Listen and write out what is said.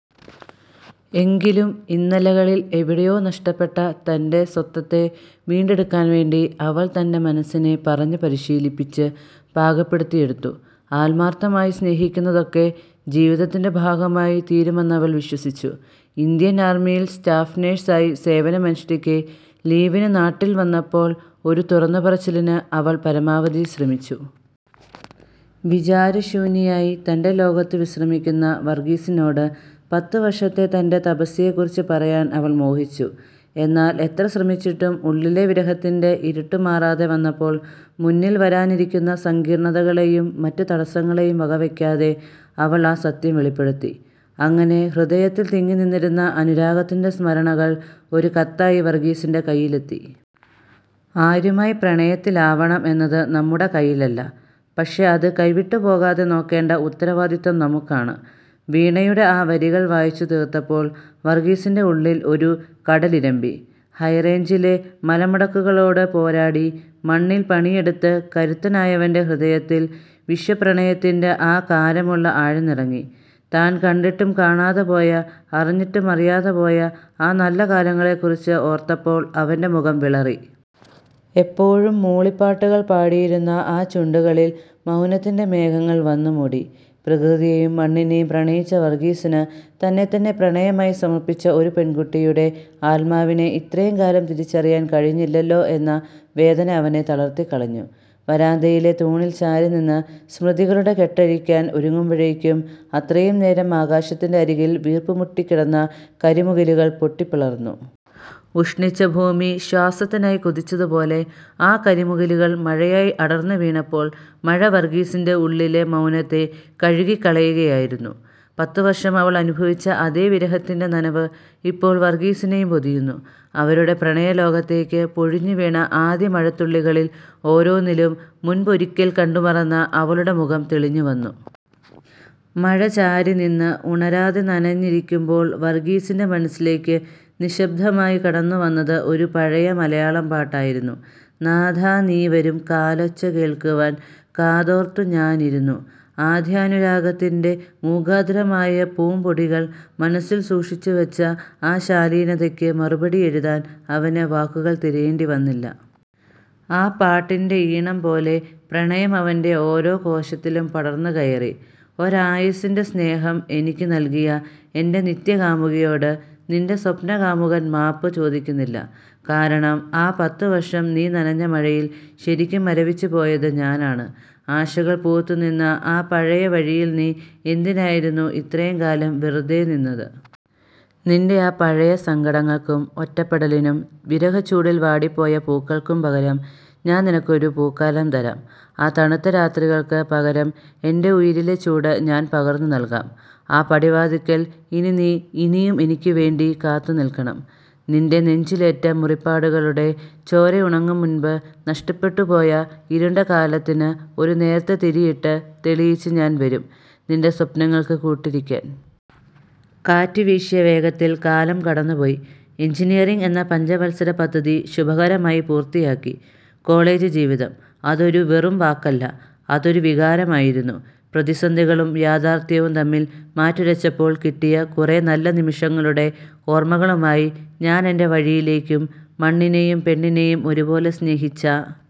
എങ്കിലും, ഇന്നലെകളിൽ എവിടെയോ നഷ്ടപ്പെട്ട തന്റെ സ്വത്വത്തെ വീണ്ടെടുക്കാൻ വേണ്ടി അവൾ തന്റെ മനസ്സിനെ പറഞ്ഞു പരിശീലിപ്പിച്ച് പാകപ്പെടുത്തിയെടുത്തു. ആത്മാർത്ഥമായി സ്നേഹിക്കുന്നതൊക്കെ ജീവിതത്തിൻ്റെ ഭാഗമായി തീരുമെന്നവൾ വിശ്വസിച്ചു. ഇന്ത്യൻ ആർമിയിൽ സ്റ്റാഫ് നഴ്സായി സേവനമനുഷ്ഠിക്കെ ലീവിന് നാട്ടിൽ വന്നപ്പോൾ ഒരു തുറന്നുപറച്ചിലിന് അവൾ പരമാവധി ശ്രമിച്ചു. വിചാരശൂന്യനായി തന്റെ ലോകത്ത് വിശ്രമിക്കുന്ന വർഗീസിനോട്, പത്തു വർഷത്തെ തന്റെ തപസ്യയെക്കുറിച്ച് പറയാൻ അവൾ മോഹിച്ചു. എന്നാൽ എത്ര ശ്രമിച്ചിട്ടും ഉള്ളിലെ വിരഹത്തിന്റെ ഇരുട്ട് മാറാതെ വന്നപ്പോൾ, മുന്നിൽ വരാനിരിക്കുന്ന സങ്കീർണ്ണതകളെയും മറ്റു തടസ്സങ്ങളെയും വകവെക്കാതെ അവൾ ആ സത്യം വെളിപ്പെടുത്തി. അങ്ങനെ ഹൃദയത്തിൽ തിങ്ങിനിന്നിരുന്ന അനുരാഗത്തിന്റെ സ്മരണകൾ ഒരു കത്തായി വർഗീസിന്റെ കയ്യിലെത്തി. "ആരുമായി പ്രണയത്തിലാവണം എന്നത് നമ്മുടെ കയ്യിലല്ല, പക്ഷേ അത് കൈവിട്ടുപോകാതെ നോക്കേണ്ട ഉത്തരവാദിത്തം നമുക്കാണ്. " വീണയുടെ ആ വരികൾ വായിച്ചു തീർത്തപ്പോൾ വർഗീസിന്റെ ഉള്ളിൽ ഒരു കടലിരമ്പി. ഹൈറേഞ്ചിലെ മലമടക്കുകളോട് പോരാടി, മണ്ണിൽ പണിയെടുത്ത് കരുത്തനായവന്റെ ഹൃദയത്തിൽ വിശ്വപ്രണയത്തിന്റെ ആ കാരമുള്ള് ആഴ്ന്നിറങ്ങി. താൻ കണ്ടിട്ടും കാണാതെ പോയ, അറിഞ്ഞിട്ടും അറിയാതെ പോയ ആ നല്ല കാലങ്ങളെക്കുറിച്ച് ഓർത്തപ്പോൾ അവന്റെ മുഖം വിളറി. എപ്പോഴും മൂളിപ്പാട്ടുകൾ പാടിയിരുന്ന ആ ചുണ്ടുകളിൽ മൗനത്തിന്റെ മേഘങ്ങൾ വന്നു മൂടി. പ്രകൃതിയെയും മണ്ണിനെയും പ്രണയിച്ച വർഗീസിന്, തന്നെത്തന്നെ പ്രണയമായി സമർപ്പിച്ച ഒരു പെൺകുട്ടിയുടെ ആത്മാവിനെ ഇത്രകാലം തിരിച്ചറിയാൻ കഴിഞ്ഞില്ലല്ലോ എന്ന വേദന അവനെ തളർത്തിക്കളഞ്ഞു. വരാന്തയിലെ തൂണിൽ ചാരി നിന്ന് സ്മൃതികളുടെ കെട്ടഴിക്കാൻ ഒരുങ്ങുമ്പോഴേക്കും, അത്രയും നേരം ആകാശത്തിന്റെ അരികിൽ വീർപ്പുമുട്ടിക്കിടന്ന കരിമുകിലുകൾ പൊട്ടിപ്പിളർന്നു. ഉഷ്ണിച്ച ഭൂമി ശ്വാസത്തിനായി കൊതിച്ചതുപോലെ, ആ കരിമുകിലുകൾ മഴയായി അടർന്നുവീണപ്പോൾ മഴ വർഗീസിന്റെ ഉള്ളിലെ മൗനത്തെ കഴുകിക്കളയുകയായിരുന്നു. പത്തു വർഷം അവൾ അനുഭവിച്ച അതേ വിരഹത്തിന്റെ നനവ് ഇപ്പോൾ വർഗീസിനെയും പൊതിയുന്നു. അവരുടെ പ്രണയലോകത്തേക്ക് പൊഴിഞ്ഞുവീണ ആദ്യ മഴത്തുള്ളികളിൽ ഓരോന്നിലും, മുൻപ് ഒരിക്കൽ കണ്ടുമറന്ന അവളുടെ മുഖം തെളിഞ്ഞുവന്നു. മഴ ചാരിനിന്ന് ഉണരാതെ നനഞ്ഞിരിക്കുമ്പോൾ വർഗീസിന്റെ മനസ്സിലേക്ക് നിശ്ശബ്ദമായി കടന്നുവന്നത് ഒരു പഴയ മലയാളം പാട്ടായിരുന്നു. "നാഥാ നീ വരും കാലൊച്ച കേൾക്കുവാൻ, കാതോർത്തു ഞാനിരുന്നു... " ആദ്യാനുരാഗത്തിന്റെ മൂകാർദ്രമായ പൂംപൊടികൾ മനസ്സിൽ സൂക്ഷിച്ചു വെച്ച ആ ശാലീനതയ്ക്ക് മറുപടി എഴുതാൻ അവന് വാക്കുകൾ തിരയേണ്ടി വന്നില്ല. ആ പാട്ടിന്റെ ഈണം പോലെ പ്രണയം അവന്റെ ഓരോ കോശത്തിലും പടർന്നു കയറി. "ഒരായുസ്സിന്റെ സ്നേഹം എനിക്ക് നൽകിയ എന്റെ നിത്യകാമുകിയോട് നിന്റെ സ്വപ്നകാമുകൻ മാപ്പ് ചോദിക്കുന്നില്ല. കാരണം, ആ പത്തു വർഷം നീ നനഞ്ഞ മഴയിൽ ശരിക്കും മരവിച്ചുപോയത് ഞാനാണ്. ആശകൾ പൂത്തുനിന്ന ആ പഴയ വഴിയിൽ നീ എന്തിനായിരുന്നു ഇത്രയും കാലം വെറുതെ നിന്നത്? നിന്റെ ആ പഴയ സങ്കടങ്ങൾക്കും ഒറ്റപ്പെടലിനും വിരഹച്ചൂടിൽ വാടിപ്പോയ പൂക്കൾക്കും പകരം, ഞാൻ നിനക്കൊരു പൂക്കാലം തരാം. ആ തണുത്ത രാത്രികൾക്ക് പകരം എന്റെ ഉയിരിലെ ചൂട് ഞാൻ പകർന്നു നൽകാം. ആ പടിവാതിൽക്കൽ ഇനി നീ ഇനിയും എനിക്ക് വേണ്ടി കാത്തുനിൽക്കണം. നിന്റെ നെഞ്ചിലേറ്റ മുറിപ്പാടുകളുടെ ചോരയുണങ്ങും മുൻപ്, നഷ്ടപ്പെട്ട്പോയ ഇരുണ്ട കാലത്തിന് ഒരു നേർത്ത തിരിയിട്ട് തെളിയിച്ച് ഞാൻ വരും, നിന്റെ സ്വപ്നങ്ങൾക്ക് കൂട്ടിരിക്കാൻ. " കാറ്റ് വീശിയ വേഗത്തിൽ കാലം കടന്നുപോയി. എൻജിനീയറിങ് എന്ന പഞ്ചവത്സര പദ്ധതി ശുഭകരമായി പൂർത്തിയാക്കി. "കോളജ് ജീവിതം"അതൊരു വെറും വാക്കല്ല, അതൊരു വികാരമായിരുന്നു. പ്രതിസന്ധികളും യാഥാർത്ഥ്യവും തമ്മിൽ മാറ്റുരച്ചപ്പോൾ കിട്ടിയ കുറെ നല്ല നിമിഷങ്ങളുടെ ഓർമ്മകളുമായി ഞാൻ എന്റെ വഴിയിലേക്കും, മണ്ണിനെയും പെണ്ണിനെയും ഒരുപോലെ സ്നേഹിച്ച